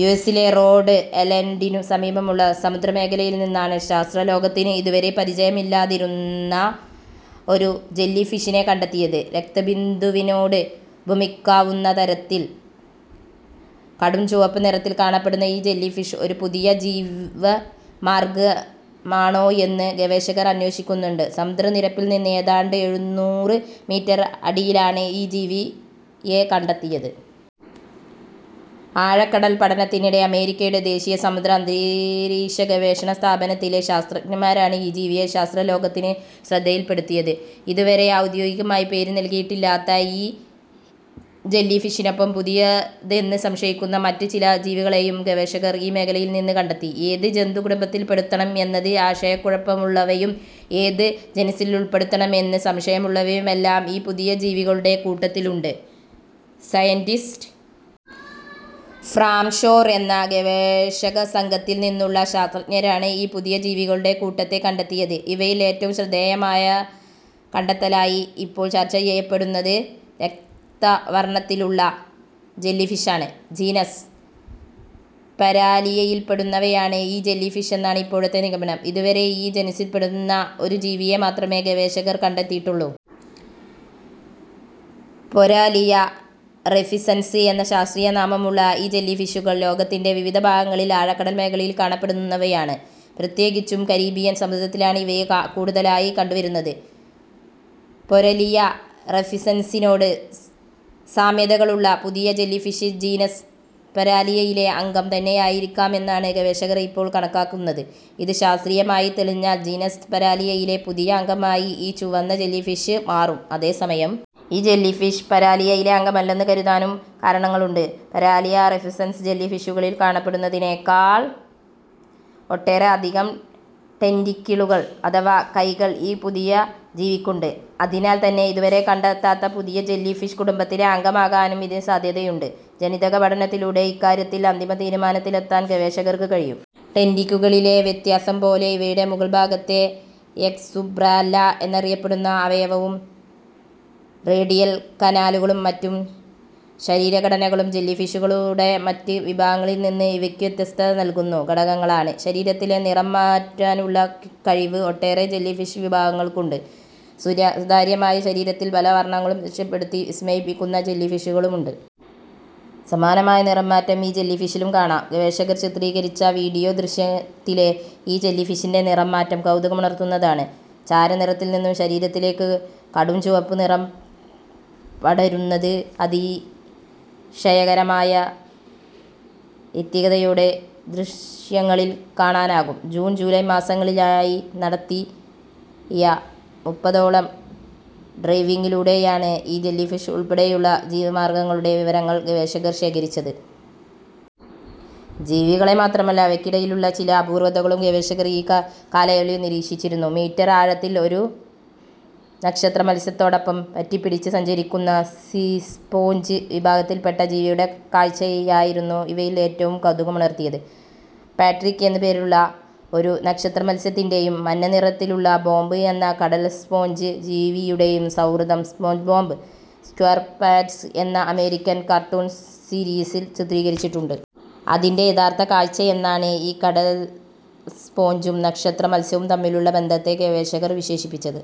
യുഎസിലെ റോഡ് ഐലൻഡിനു സമീപമുള്ള സമുദ്രമേഖലയിൽ നിന്നാണ് ശാസ്ത്രലോകത്തിന് ഇതുവരെ പരിചയമില്ലാതിരുന്ന ഒരു ജെല്ലിഫിഷിനെ കണ്ടെത്തിയത്. രക്തബിന്ദുവിനോട് ഉപമിക്കാവുന്ന തരത്തിൽ കടുംചുവപ്പ് നിറത്തിൽ കാണപ്പെട്ട ഈ ജെല്ലിഫിഷ് ഒരു പുതിയ ജീവിവർഗമാണോയെന്നാണ് ഗവേഷകർ അന്വേഷിക്കുന്നത്. സമുദ്രനിരപ്പിൽ നിന്ന് ഏതാണ്ട് എഴുനൂറ് മീറ്റർ അടിയിലാണ് ഈ ജീവിയെ കണ്ടെത്തിയത്. ആഴക്കടൽ പഠനത്തിനിടെ അമേരിക്കയുടെ ദേശീയ സമുദ്ര അന്തരീക്ഷ ഗവേഷണ സ്ഥാപനത്തിലെ ശാസ്ത്രജ്ഞരാണ് ഈ ജീവിയെ ശാസ്ത്രലോകത്തിന്റെ ശ്രദ്ധയിൽപ്പെടുത്തിയത്. ഇതുവരെ ഔദ്യോഗികമായി പേര് നൽകിയിട്ടില്ലാത്ത ഈ ജെല്ലിഫിഷിനൊപ്പം പുതിയതെന്ന് സംശയിക്കുന്ന മറ്റ് ചില ജീവികളെയും ഗവേഷകർ ഈ മേഖലയിൽ നിന്ന് കണ്ടെത്തി. ഏത് ജന്തുകുടുംബത്തിൽ പെടുത്തണം എന്നതിൽ ആശയക്കുഴപ്പമുള്ളവയും ഏത് ജനുസ്സിൽ ഉൾപ്പെടുത്തണമെന്ന് സംശയമുള്ളവയുമെല്ലാം ഈ പുതിയ ജീവികളുടെ കൂട്ടത്തിലുണ്ട്. സയന്റിസ്റ്റ് ഫ്രം ഷോർ എന്ന ഗവേഷകസംഘത്തിൽ നിന്നുള്ള ശാസ്ത്രജ്ഞരാണ് ഈ പുതിയ ജീവികളുടെ കൂട്ടത്തെ കണ്ടെത്തിയത്. ഇവയിൽ ഏറ്റവും ശ്രദ്ധേയമായ കണ്ടെത്തലായി ഇപ്പോൾ ചർച്ച ചെയ്യപ്പെടുന്നത് രക്തവർണത്തിലുള്ള ജെല്ലിഫിഷാണ്. ജീനസ് പരാലിയയിൽപ്പെടുന്നവയാണ് ഈ ജെല്ലിഫിഷെന്നാണ് ഇപ്പോഴത്തെ നിഗമനം. ഇതുവരെ ഈ ജനുസ്സിൽപ്പെടുന്ന ഒരു ജീവിയെ മാത്രമേ ഗവേഷകർ കണ്ടെത്തിയിട്ടുള്ളൂ. പൊരാലിയ റഫിസെൻസ് എന്ന ശാസ്ത്രീയ നാമമുള്ള ഈ ജെല്ലിഫിഷുകൾ ലോകത്തിന്റെ വിവിധ ഭാഗങ്ങളിലെ ആഴക്കടൽ മേഖലകളിൽ കാണപ്പെടുന്നവയാണ്. പ്രത്യേകിച്ചും കരീബിയൻ സമുദ്രത്തിലാണ് ഇവയെ കൂടുതലായി കണ്ടുവരുന്നത്. പൊരാലിയ റഫിസെൻസിനോട് സാമ്യതകളുള്ള പുതിയ ജെല്ലിഫിഷും ജീനസ് പരാലിയയിലെ അംഗം തന്നെയായിരിക്കാമെന്നാണ് ഗവേഷകർ ഇപ്പോൾ കണക്കാക്കുന്നത്. ഇത് ശാസ്ത്രീയമായി തെളിഞ്ഞാൽ ജീനസ് പരാലിയയിലെ പുതിയ അംഗമായി ഈ ചുവന്ന ജെല്ലിഫിഷ് മാറും. അതേസമയം ഈ ജെല്ലിഫിഷ് പരാലിയയിലെ അംഗമല്ലെന്ന് കരുതാനും കാരണങ്ങളുണ്ട്. പരാലിയ റഫിസെൻസ് ജെല്ലിഫിഷുകളിൽ കാണപ്പെടുന്നതിനേക്കാൾ ഒട്ടേറെ അധികം ടെന്റക്കിളുകൾ അഥവാ കൈകൾ ഈ പുതിയ ജീവിക്കുണ്ട്. അതിനാൽ തന്നെ ഇതുവരെ കണ്ടെത്താത്ത പുതിയ ജെല്ലിഫിഷ് കുടുംബത്തിലെ അംഗമാകാനും ഇതിന് സാധ്യതയുണ്ട്. ജനിതക പഠനത്തിലൂടെ ഇക്കാര്യത്തിൽ അന്തിമ തീരുമാനത്തിലെത്താൻ ഗവേഷകർക്ക് കഴിയും. ടെന്റക്കിളുകളിലെ വ്യത്യാസം പോലെ ഇവയുടെ മുകൾഭാഗത്തെ എക്സുബ്രല്ലാ എന്നറിയപ്പെടുന്ന അവയവവും റേഡിയൽ കനാലുകളും മറ്റ് ശരീരഘടനകളും ജെല്ലിഫിഷുകളുടെ മറ്റ് വിഭാഗങ്ങളിൽ നിന്ന് ഇവയ്ക്ക് വ്യത്യസ്തത നൽകുന്ന ഘടകങ്ങളാണ്. ശരീരത്തിലെ നിറം മാറ്റാനുള്ള കഴിവ് ഒട്ടേറെ ജെല്ലിഫിഷ് വിഭാഗങ്ങൾക്കുണ്ട്. സുതാര്യമായ ശരീരത്തിൽ പല വർണങ്ങൾ പ്രത്യക്ഷപ്പെടുത്തി വിസ്മയിപ്പിക്കുന്ന ജെല്ലിഫിഷുകളുമുണ്ട്. സമാനമായ നിറം മാറ്റം ഈ ജെല്ലിഫിഷിലും കാണാം. ഗവേഷകർ ചിത്രീകരിച്ച വീഡിയോ ദൃശ്യത്തിലെ ഈ ജെല്ലിഫിഷിന്റെ നിറം മാറ്റം കൗതുകമുണർത്തുന്നതാണ്. ചാരനിറത്തിൽ നിന്ന് ശരീരത്തിലേക്ക് കടുംചുവപ്പ് നിറം പടരുന്നത് അതിശയകരമായ വ്യക്തതയോടെ ദൃശ്യങ്ങളിൽ കാണാനാകും. ജൂൺ ജൂലൈ മാസങ്ങളിലായി നടത്തിയ മുപ്പതോളം ഡൈവിങ്ങിലൂടെയാണ് ഈ ജെല്ലിഫിഷ് ഉൾപ്പെടെയുള്ള ജീവിവർഗങ്ങളുടെ വിവരങ്ങൾ ഗവേഷകർ ശേഖരിച്ചത്. ജീവികളെ മാത്രമല്ല അവയ്ക്കിടയിലുള്ള ചില അപൂർവതകളും ഗവേഷകർ ഈ കാലയളവിൽ നിരീക്ഷിച്ചിരുന്നു. മീറ്റർ ആഴത്തിൽ ഒരു നക്ഷത്രമത്സ്യത്തോടൊപ്പം പറ്റിപ്പിടിച്ച് സഞ്ചരിക്കുന്ന സീ സ്പോഞ്ച് വിഭാഗത്തിൽപ്പെട്ട ജീവിയുടെ കാഴ്ചയായിരുന്നു ഇവയിൽ ഏറ്റവും കൗതുകമുണർത്തിയത്. പാട്രിക് എന്ന് പേരുള്ള ഒരു നക്ഷത്രമത്സ്യത്തിന്റെയും മഞ്ഞനിറത്തിലുള്ള ബോബ് എന്ന കടൽസ്പോഞ്ച് ജീവിയുടെയും സൗഹൃദം സ്പോഞ്ച്ബോബ് സ്ക്വയർപാന്റ്സ് എന്ന അമേരിക്കൻ കാർട്ടൂൺ സീരീസിൽ ചിത്രീകരിച്ചിട്ടുണ്ട്. അതിന്റെ യഥാർഥ കാഴ്ചയെന്നാണ് ഈ കടൽസ്പോഞ്ചും നക്ഷത്രമത്സ്യവും തമ്മിലുള്ള ബന്ധത്തെ ഗവേഷകർ വിശേഷിപ്പിച്ചത്.